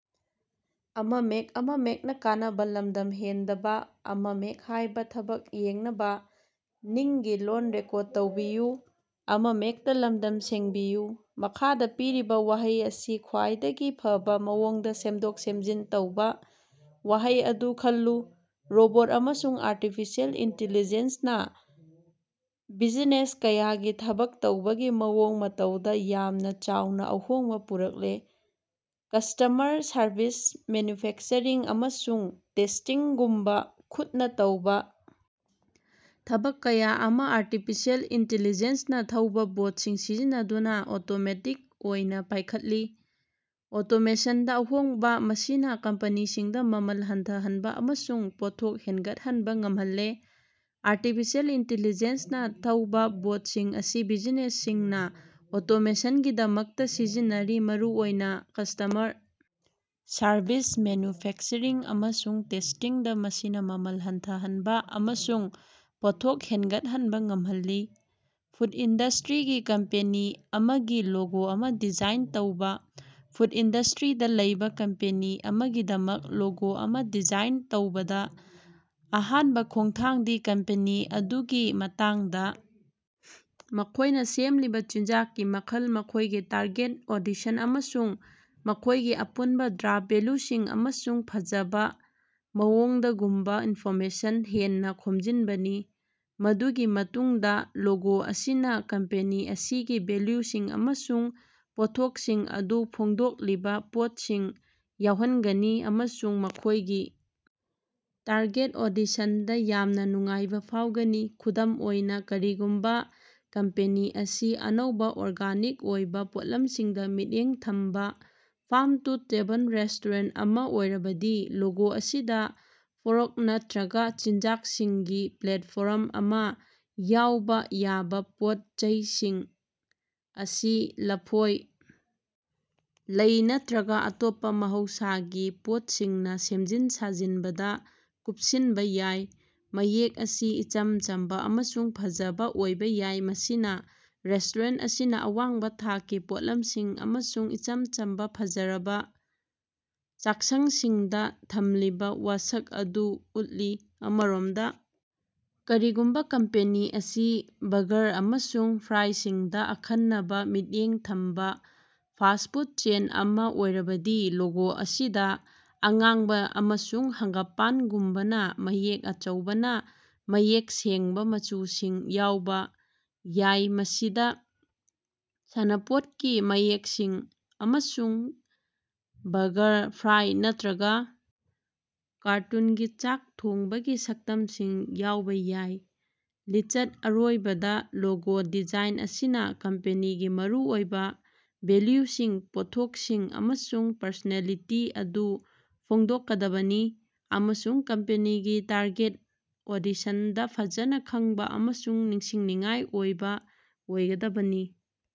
ꯃꯈꯥꯗꯥ ꯄꯤꯔꯤꯕꯥ ꯋꯥꯍꯩ ꯑꯁꯤ ꯈ꯭ꯋꯥꯏꯗꯒꯤ ꯐꯕ ꯃꯑꯣꯡꯗ ꯁꯦꯝꯗꯣꯛ-ꯁꯦꯝꯖꯤꯟ ꯇꯧꯕ ꯋꯥꯍꯩ ꯑꯗꯨ ꯈꯜꯂꯨ: ꯔꯣꯕꯣꯠ ꯑꯃꯁꯨꯡ ꯑꯥꯔꯇꯤꯐꯤꯁꯤꯑꯦꯜ ꯏꯟꯇꯤꯂꯤꯖꯦꯟꯁꯅ ꯕꯤꯖꯤꯅꯦꯁ ꯀꯌꯥꯒꯤ ꯊꯕꯛ ꯇꯧꯕꯒꯤ ꯃꯑꯣꯡ ꯃꯇꯧꯗ ꯌꯥꯝꯅ ꯆꯥꯎꯅ ꯑꯍꯣꯡꯕ ꯄꯨꯔꯛꯂꯦ꯫ ꯀꯁꯇꯃꯔ ꯁꯔꯕꯤꯁ ꯃꯦꯟꯌꯨꯐꯦꯛꯆꯔꯤꯡ ꯑꯃꯁꯨꯡ ꯇꯦꯁꯇꯤꯡꯒꯨꯝꯕ ꯈꯨꯠꯅ ꯇꯧꯕ ꯊꯕꯛ ꯀꯌꯥ ꯑꯃ ꯑꯥꯔꯇꯤꯐꯤꯁꯤꯑꯦꯜ ꯏꯟꯇꯤꯂꯤꯖꯦꯟꯁ ꯅ ꯊꯧꯕꯥ ꯕꯣꯠꯁꯤꯡ ꯁꯤꯖꯤꯟꯅꯗꯨꯅ ꯑꯣꯇꯣꯃꯦꯇꯤꯛ ꯑꯣꯏꯅ ꯄꯥꯢꯈꯠꯂꯤ꯫ ꯑꯣꯇꯣꯃꯦꯁꯟꯗ ꯑꯍꯣꯡꯕ ꯑꯁꯤꯅ ꯀꯝꯄꯦꯅꯤꯁꯤꯡꯗ ꯃꯃꯜ ꯍꯟꯊꯍꯟꯕ ꯑꯃꯁꯨꯡ ꯄꯣꯠꯊꯣꯛ ꯍꯦꯟꯒꯠꯍꯟꯕ ꯉꯝꯍꯜꯂꯦ꯫ ꯑꯥꯔꯇꯤꯐꯤꯁꯤꯑꯦꯜ ꯏꯟꯇꯤꯂꯤꯖꯦꯟꯁ ꯅꯥ ꯊꯧꯕ ꯕꯣꯠꯁꯤꯡ ꯑꯁꯤ ꯕꯤꯖꯤꯅꯦꯁꯁꯤꯡꯅ ꯑꯣꯇꯣꯃꯦꯁꯟꯒꯤꯗꯃꯛꯇ ꯁꯤꯖꯤꯟꯅꯔꯤ ꯃꯔꯨꯑꯣꯏꯅ ꯀꯁꯇꯃꯔ ꯁꯔꯕꯤꯁ, ꯃꯦꯟꯌꯨꯐꯦꯀꯆꯔꯤꯡ ꯑꯃꯁꯨꯡ ꯇꯦꯁꯇꯤꯡꯗ ꯃꯁꯤꯅ ꯃꯃꯜ ꯍꯟꯊꯍꯟꯕ ꯑꯃꯁꯨꯡ ꯄꯣꯠꯊꯣꯛ ꯍꯦꯟꯒꯠꯍꯟꯕ ꯉꯝꯍꯜꯂꯤ꯫ ꯐꯨꯗ ꯏꯟꯗꯁꯇ꯭ꯔꯤꯒꯤ ꯀꯝꯄꯦꯅꯤ ꯑꯃꯒꯤ ꯂꯣꯒꯣ ꯑꯃ ꯗꯤꯖꯥꯏꯟ ꯇꯧꯕꯥ꯫ ꯐꯨꯗ ꯏꯟꯗꯁꯇ꯭ꯔꯤꯗ ꯂꯩꯕꯥ ꯀꯝꯄꯦꯅꯤ ꯑꯃꯒꯤꯗꯃꯛ ꯂꯣꯒꯣ ꯑꯃ ꯗꯤꯖꯥꯏꯟ ꯇꯧꯕꯗ ꯑꯍꯥꯟꯕ ꯈꯣꯡꯊꯥꯡꯗꯤ ꯀꯝꯄꯦꯅꯤ ꯑꯗꯨꯒꯤ ꯃꯇꯥꯡꯗ ꯃꯈꯣꯢꯅ ꯁꯦꯝꯂꯤꯕ ꯆꯤꯟꯖꯥꯛꯀꯤ ꯃꯈꯜ ꯃꯈꯣꯢꯒꯤ ꯇꯥꯔꯒꯦꯠ ꯑꯣꯗꯤꯁꯟ ꯑꯃꯁꯨꯡ ꯃꯈꯣꯢꯒꯤ ꯑꯄꯨꯟꯕ ꯕ꯭ꯔꯥꯟꯗ ꯚꯦꯜꯌꯨꯁꯤꯡ ꯑꯃꯁꯨꯡ ꯐꯖꯕ ꯃꯑꯣꯡꯗꯒꯨꯝꯕ ꯏꯅꯐꯣꯔꯃꯦꯁꯟ ꯍꯦꯟꯅꯥ ꯈꯣꯝꯖꯤꯟꯕꯅꯤ꯫ ꯃꯗꯨꯒꯤ ꯃꯇꯨꯡꯗ ꯂꯣꯒꯣ ꯑꯁꯤꯅ ꯀꯝꯄꯦꯅꯤ ꯑꯁꯤꯒꯤ ꯚꯦꯜꯌꯨꯁꯤꯡ ꯑꯃꯁꯨꯡ ꯄꯣꯠꯊꯣꯛꯁꯤꯡ ꯑꯗꯨ ꯐꯣꯡꯗꯣꯛꯂꯤꯕ ꯄꯣꯠꯁꯤꯡ ꯌꯥꯎꯍꯟꯒꯅꯤ ꯑꯃꯁꯨꯡ ꯃꯈꯣꯢꯒꯤ ꯇꯥꯔꯒꯦꯠ ꯑꯣꯗꯤꯁꯟꯗ ꯌꯥꯝꯅ ꯅꯨꯡꯉꯥꯏꯕ ꯐꯥꯎꯒꯅꯤ꯫ ꯈꯨꯗꯝ ꯑꯣꯏꯅ ꯀꯔꯤꯒꯨꯝꯕ ꯀꯝꯄꯦꯅꯤ ꯑꯁꯤ ꯑꯅꯧꯕ ꯑꯣꯔꯒꯥꯅꯤꯛ ꯑꯣꯏꯕ ꯄꯣꯠꯂꯝꯁꯤꯡꯗ ꯃꯤꯠꯌꯦꯡ ꯊꯝꯕ ꯐꯥꯔꯝ-ꯇꯨ-ꯇꯦꯕꯜ ꯔꯦꯁꯇꯣꯔꯦꯟꯇ ꯑꯃ ꯑꯣꯏꯔꯕꯗꯤ ꯂꯣꯒꯣ ꯑꯁꯤꯗ ꯐꯣꯔꯛ ꯅꯠꯇ꯭ꯔꯒ ꯆꯤꯟꯖꯥꯛꯁꯤꯡꯒꯤ ꯄ꯭ꯂꯦꯠꯐꯣꯔꯝ ꯑꯃ ꯌꯥꯎꯕ ꯌꯥꯕ ꯄꯣꯠ ꯆꯩꯁꯤꯡ ꯑꯁꯤ ꯂꯐꯣꯏ, ꯂꯩ ꯅꯠꯇ꯭ꯔꯒ ꯑꯇꯣꯞꯄ ꯃꯍꯧꯁꯥꯒꯤ ꯄꯣꯠꯁꯤꯡꯅ ꯁꯦꯝꯖꯤꯟ ꯁꯥꯖꯤꯟꯕꯗ ꯀꯨꯞꯁꯤꯟꯕ ꯌꯥꯏ꯫ ꯃꯌꯦꯛ ꯑꯁꯤ ꯏꯆꯝ ꯆꯝꯕ ꯑꯃꯁꯨꯡ ꯐꯖꯕ ꯑꯣꯏꯕ ꯌꯥꯏ ꯃꯁꯤꯅ ꯔꯦꯁꯇꯣꯔꯦꯟꯇ ꯑꯁꯤꯅ ꯑꯋꯥꯡꯕ ꯊꯥꯛꯀꯤ ꯄꯣꯠꯂꯝꯁꯤꯡ ꯑꯃꯁꯨꯡ ꯏꯆꯝ ꯆꯝꯕ ꯐꯖꯔꯕ ꯆꯥꯛꯁꯪꯁꯤꯡꯗ ꯊꯝꯂꯤꯕꯥ ꯋꯥꯁꯛ ꯑꯗꯨ ꯎꯠꯂꯤ꯫ ꯑꯃꯔꯣꯝꯗ ꯀꯔꯤꯒꯨꯝꯕꯥ ꯀꯝꯄꯦꯅꯤ ꯑꯁꯤ ꯕꯔꯒꯥꯔ ꯑꯃꯁꯨꯡ ꯐ꯭ꯔꯥꯏꯁꯤꯡꯗ ꯑꯈꯟꯅꯕ ꯃꯤꯠꯌꯦꯡ ꯊꯝꯕ ꯐꯥꯁ꯭ꯠ ꯐꯨꯗ ꯆꯦꯟ ꯑꯃ ꯑꯣꯏꯔꯕꯗꯤ ꯂꯣꯒꯣ ꯑꯁꯤꯗ ꯑꯉꯥꯡꯕ ꯑꯃꯁꯨꯡ ꯍꯥꯒꯥꯝꯄꯥꯟꯒꯨꯝꯕꯅ ꯃꯌꯦꯛ ꯑꯆꯧꯕꯅ ꯃꯌꯦꯛ ꯁꯦꯡꯕ ꯃꯆꯨꯁꯤꯡ ꯌꯥꯎꯕ ꯌꯥꯏ ꯃꯁꯤꯗꯥ ꯁꯥꯟꯅꯄꯣꯠꯀꯤ ꯃꯌꯦꯛꯁꯤꯡ ꯑꯃꯁꯨꯡ ꯕꯔꯒꯥꯔ, ꯐ꯭ꯔꯥꯏ ꯅꯠꯇ꯭ꯔꯒ ꯀꯥꯔꯇꯨꯟꯒꯤ ꯆꯥꯛ ꯊꯣꯡꯕꯒꯤ ꯁꯛꯇꯝꯁꯤꯡ ꯌꯥꯎꯕ ꯌꯥꯏ꯫ ꯂꯤꯆꯠ ꯑꯔꯣꯏꯕꯗ ꯂꯣꯒꯣ ꯗꯤꯖꯥꯏꯟ ꯑꯁꯤꯅ ꯀꯝꯄꯦꯅꯤꯒꯤ ꯃꯔꯨꯑꯣꯏꯕ ꯚꯦꯜꯌꯨꯁꯤꯡ ꯄꯣꯠꯊꯣꯛꯁꯤꯡ ꯑꯃꯁꯨꯡ ꯄꯔꯁꯣꯅꯦꯂꯤꯇꯤ ꯑꯗꯨ ꯐꯣꯡꯗꯣꯛꯀꯗꯕꯅꯤ ꯑꯃꯁꯨꯡ ꯀꯝꯄꯦꯅꯤꯒꯤ ꯇꯥꯔꯒꯦꯠ ꯑꯣꯗꯤꯁꯟꯗ ꯐꯖꯅ ꯈꯡꯕ ꯑꯃꯁꯨꯡ ꯅꯤꯡꯁꯤꯡꯅꯤꯡꯉꯥꯏ ꯑꯣꯏꯕ ꯑꯣꯏꯒꯗꯕꯅꯤ꯫